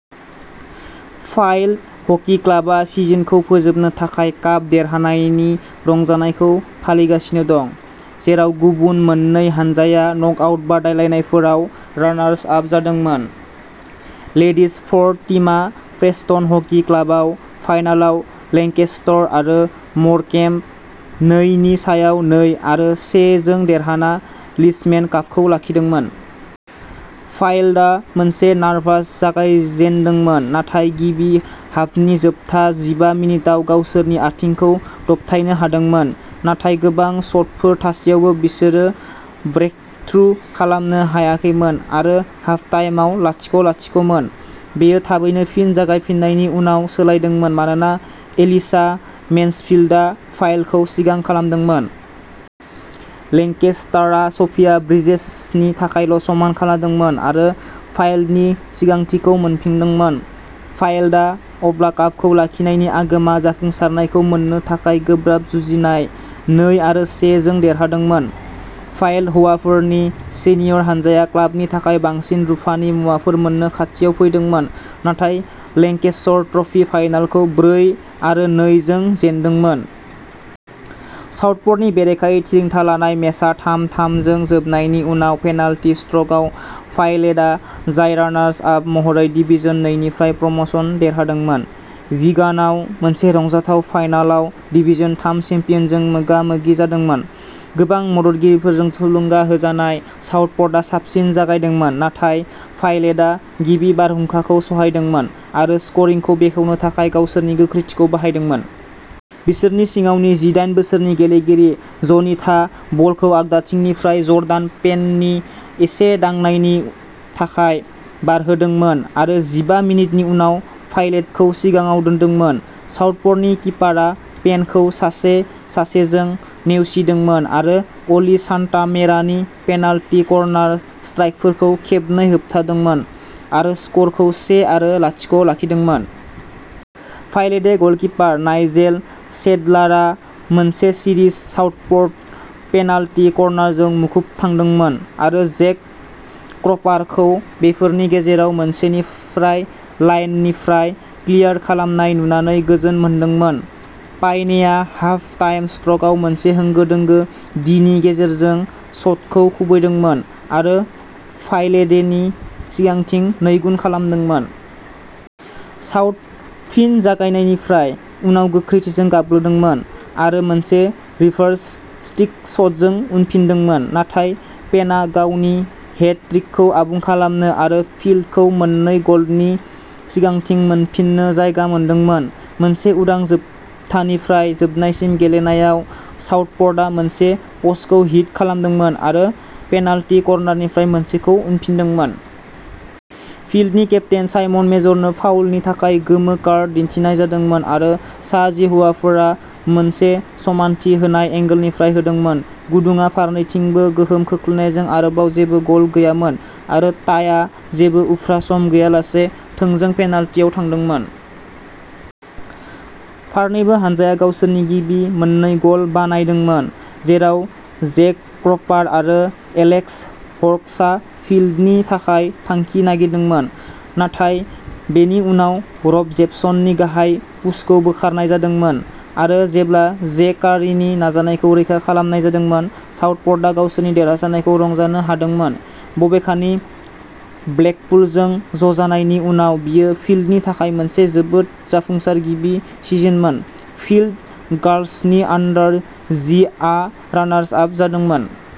Filed hockey क्लाबआ सिजनखौ फोजोबनो थाखाय काप देरहानायनि रंजानायखौ फालिगासिनो दं, जेराव गुबुन मोन्नै हानजाया नकआउट बादायलायनायफोराव रानार्स आप जादोंमोन। लेडिज फर्थ टीमआ प्रेस्टन हकि क्लाबआव फाइनालाव लेंकेस्टर आरो मोरकेम्ब नै नि सायाव नै आरो से जों देरहाना लिशमेन कापखौ लाखिदोंमोन। फाइल्डआ मोनसे नारभास जागायजेन्दोंमोन नाथाय गिबि हाफनि जोबथा जिबा मिनिटआव गावसोरनि आथिंखौ दबथायनो हादोंमोन। नाथाय गोबां शटफोर थासेयावबो बिसोरो ब्रेकथ्रु खालामनो हायाखैमोन आरो हाफटाइमआव लाथिख'-लाथिख' मोन। बेयो थाबैनो फिन जागायफिन्नायनि उनाव सोलायदोंमोन मानोना एलिशा मेन्सफील्डआ फाइल्डखौ सिगां खालामदोंमोन। लेंकेस्टरआ सोफिया ब्रिजेसनि थाखायल' समान खालामदोंमोन आरो फाइल्डनि सिगांथिखौ मोनफिनदोंमोन। फाइल्डआ अब्ला कापखौ लाखिनायनि आगोमा जाफुंसारनायखौ मोन्नो थाखाय गोब्राब जुजिनाय नै आरो से जों देरहादोंमोन। फाइल्ड हौवाफोरनि सिनियर हानजाया क्लाबनि थाखाय बांसिन रुफानि मुवाफोर मोननो खाथियाव फैदोंमोन नाथाय लेंकेशर ट्रफी फाइनालखौ ब्रै आरो नै जों जेनदोंमोन। साउथपर्टनि बेरेखायै थिरांथा लानाय मेचआ थाम-थाम जों जोबनायनि उनाव पेनाल्टि स्ट्र'कआव फायल्डेआ, जाय रानार्स आप महरै डिवीजन नैनिफ्राय प्रम'शन देरहादोंमोन, विगानाव मोनसे रंजाथाव फाइनालाव डिवीजन थाम चेम्पियनजों मोगा मोगि जादोंमोन। गोबां मददगिरिफोरजों थुलुंगा होजानाय, साउथपर्टआ साबसिन जागायदोंमोन नाथाय फायल्डेआ गिबि बारहुंखाखौ सहायदोंमोन आरो स्क'रिंखौ बेखेवनो थाखाय गावसोरनि गोख्रैथिखौ बाहायदोंमोन। बोसोरनि सिङावनि जि दाइन बोसोरनि गेलेगिरि ज'निथआ बलखौ आगदाथिंनिफ्राय जर्डान पेननि एसे दांनायनि थाखाय बारहोदोंमोन आरो जिबा मिनिटनि उनाव फायल्डेखौ सिगाङाव दोनदोंमोन। साउथपर्टनि किपारआ पेनखौ सासे सासेजों नेवसिदोंमोन आरो अलि सान्टामेरानि पेनाल्टि कर्नार स्ट्राइकफोरखौ खेबनै होबथादोंमोन आरो स्क'रखौ से आरो लाथिख' आव लाखिदोंमोन। फायल्डे गलकिपार नाइजेल सेडलारआ मोनसे सिरिज साउथपोर्ट पेनाल्टि कर्नारजों मुखुब थादोंमोन आरो जेक क्र'पारखौ बैफोरनि गेजेराव मोनसेनिफ्राय लाइननिफ्राय क्लियार खालामनाय नुनानै गोजोन मोनदोंमोन। पायनेआ हाफ टाइम स्ट्र'कआव मोनसे होंगो दोंगो डीनि गेजेरजों शटखौ खुबैदोंमोन आरो फायल्डेनि सिगांथिखौ नैगुन खालामदोंमोन। साउथ फिन जागायफिन्नायनि उनाव गोख्रैथिजों गाग्लोबदोंमोन आरो मोनसे रिभार्स स्टिक शटजों उनफिनदोंमोन, नाथाय पेनआ गावनि हेट ट्रिकखौ आबुं खालामनो आरो फिल्डनि मोननै ग'लनि सिगांथिखौ मोनफिननो जायगा मोनदोंमोन। मोनसे उदां, जोबथानिफ्राय जोबनायसिम गेलेनायाव साउथप'र्टआ मोनसे प'स्टखौ हिट खालामदोंमोन आरो पेनाल्टी कर्नारनिफ्राय मोनसेखौ उनफिनदोंमोन। फिल्डनि केप्तेन साइमन मेजरनो फाउलनि थाखाय गोमो कार्ड दिन्थिनाय जादोंमोन आरो सा जि हौवाफोरा मोनसे समानथि होनाय एंगलनिफ्राय होदोंमोन। गुदुंआ फारनैथिंबो गोहोम खोख्लैनायजों, आरोबाव जेबो गल गैयामोन आरो टाइआ जेबो उफ्रा सम गैयालासे थोंजों पेनाल्टीआव थांदोंमोन। फारनैबो हानजाया गावसोरनि गिबि मोननै गल बानायदोंमोन, जेराव जैक क्रपार आरो एलेक्स हर'क्सआ फिल्डनि थाखाय थांखि नागिरदोंमोन, नाथाय बेनि उनाव रब जेपसननि गाहाय पुशखौ बोखारनाय जादोंमोन। आरो जेब्ला जे कारिनि नाजानायखौबो रैखा खालामनाय जादोंमोन, साउथप'र्टआ गावसोरनि देरहासारनायखौ रंजानो हादोंमोन, बबेखानि ब्लेकपुलजों ज'जानायनि उनाव बेयो फिल्डनि थाखाय मोनसे जोबोद जाफुंसार गिबि सिजनमोन। फिल्द गार्ल्सनि आन्डार जि आ रानार्स आप जादोंमोन।